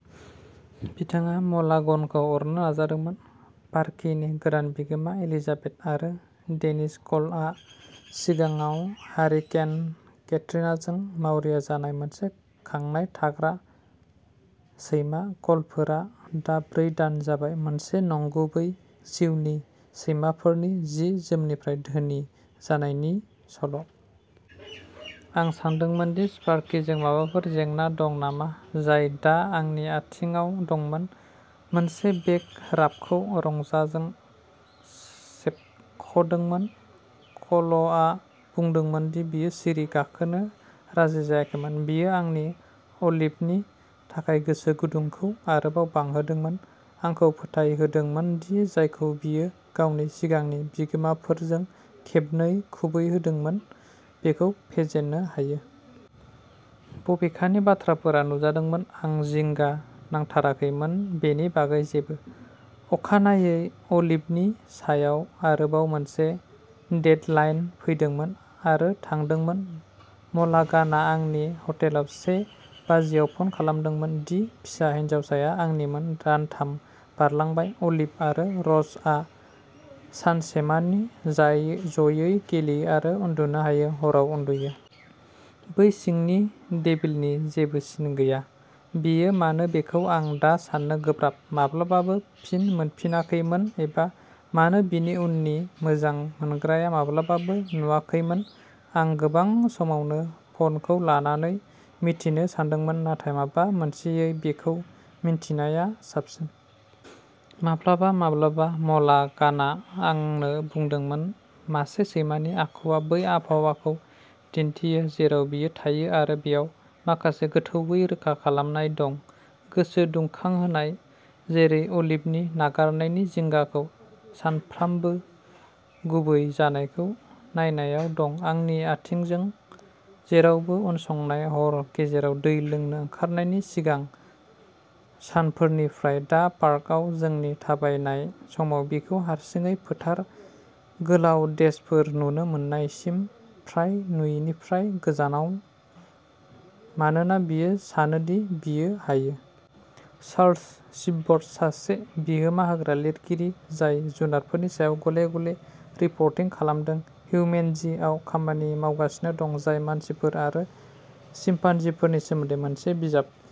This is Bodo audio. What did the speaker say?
बिथाङा म'लाघनखौ अरनो नाजादोंमोन। स्पार्किनि गोदान बिगोमा, एलिजाबेथ आरो डेनिस क'लआ सिगाङाव हारिकेन केट्रिनाजों मावरिया जानाय मोनसे खांनाय थाग्रा सैमा क'लफोरा दा ब्रै दान जाबाय। मोनसे नंगुबै जिउनि सैमाफोरनि जि-जोमनिफ्राय धोनि जानायनि सल'। आं सोंदोंमोन दि स्पार्किजों माबाफोर जेंना दं नामा, जाय दा आंनि आथिंआव दंमोन, मोनसे बेक राबखौ रंजाजों सोबख'दोंमोन। क'लआ बुंदोंमोन दि बियो सिरि गाखोनो राजि जायाखैमोन। बेयो आंनि अलिभनि थाखाय गोसो गुदुंखौ आरोबाव बांहोदोंमोन, आंखौ फोथायहोदोंमोन दि जायखौ बियो गावनि सिगांनि बिगोमाफोरजों खेबनै खुबैहोदोंमोन, बेखौ फेजेननो हायो। बबेखानि, बाथ्राफोरा नुजादोंमोन, आं जिंगा नांथाराखैमोन बेनि बागै जेबो। अखानायै, अलिभनि सायाव आरोबाव मोनसे डेडलाइन फैदोंमोन आरो थांदोंमोन। म'लाघाना आंनि हटेलाव से बाजियाव फन खालामदोंमोन दि फिसा हिनजावसाया आंनिमोन। दानथाम बारलांबाय। अलिभ आरो र'जआ सानसेमानि जयै गेलेयो आरो उन्दुनो हायो, हराव उन्दुयो। बै सिंनि डेभिलनि जेबो सिन गैया। बियो मानो बेखौ आं दा सान्नो गोब्राब। माब्लाबाबो फिन मोनफिनाखैमोन एबा मानो बिनि उननि मोजां मोनग्राया माब्लाबाबो नुवाखैमोन। आं गोबां समावनो फ'नखौ लानानै मिथिनो सानदोंमोन, नाथाय माबा मोनसेयै बेखौ मिन्थिनाया साबसिन। माब्लाबा माब्लाबा म'लाघाना आंनो बुंदोंमोन मासे सैमानि आखुआ बै आबहावाखौ दिन्थियो जेराव बियो थायो आरो बेयाव माखासे गोथौवै रोखा खालामनाय दं, गोसो दुंखांहोनाय। जेरै अलिभनि नागारनायनि जिंगाखौ सानफ्रोमबो गुरै जानायखौ नायनायाव दं। आंनि आथिंजों जेरावबो उनसंनाय, हर गेजेराव दै लोंनो ओंखारनायनि सिगां सानफोरनिफ्राय दा पार्कआव जोंनि थाबायनाय समाव बिखौ हारसिङै फोथार गोलाव डेशफोर नुनो मोन्नायसिम फ्राय नुयिनिफ्राय गोजानाव, मानोना बियो सानो दि बियो हायो। चार्स सिबर्ट, सासे बिहोमा होग्रा लिरगिरि जाय जुनारफोरनि सायाव गले-गले रिपर्टिं खालामदों, "हिउमेनजी" आव खामानि मावगासिनो दं, जाय मानसिफोर आरो चिम्पान्जीफोरनि सोमोन्दै मोनसे बिजाब।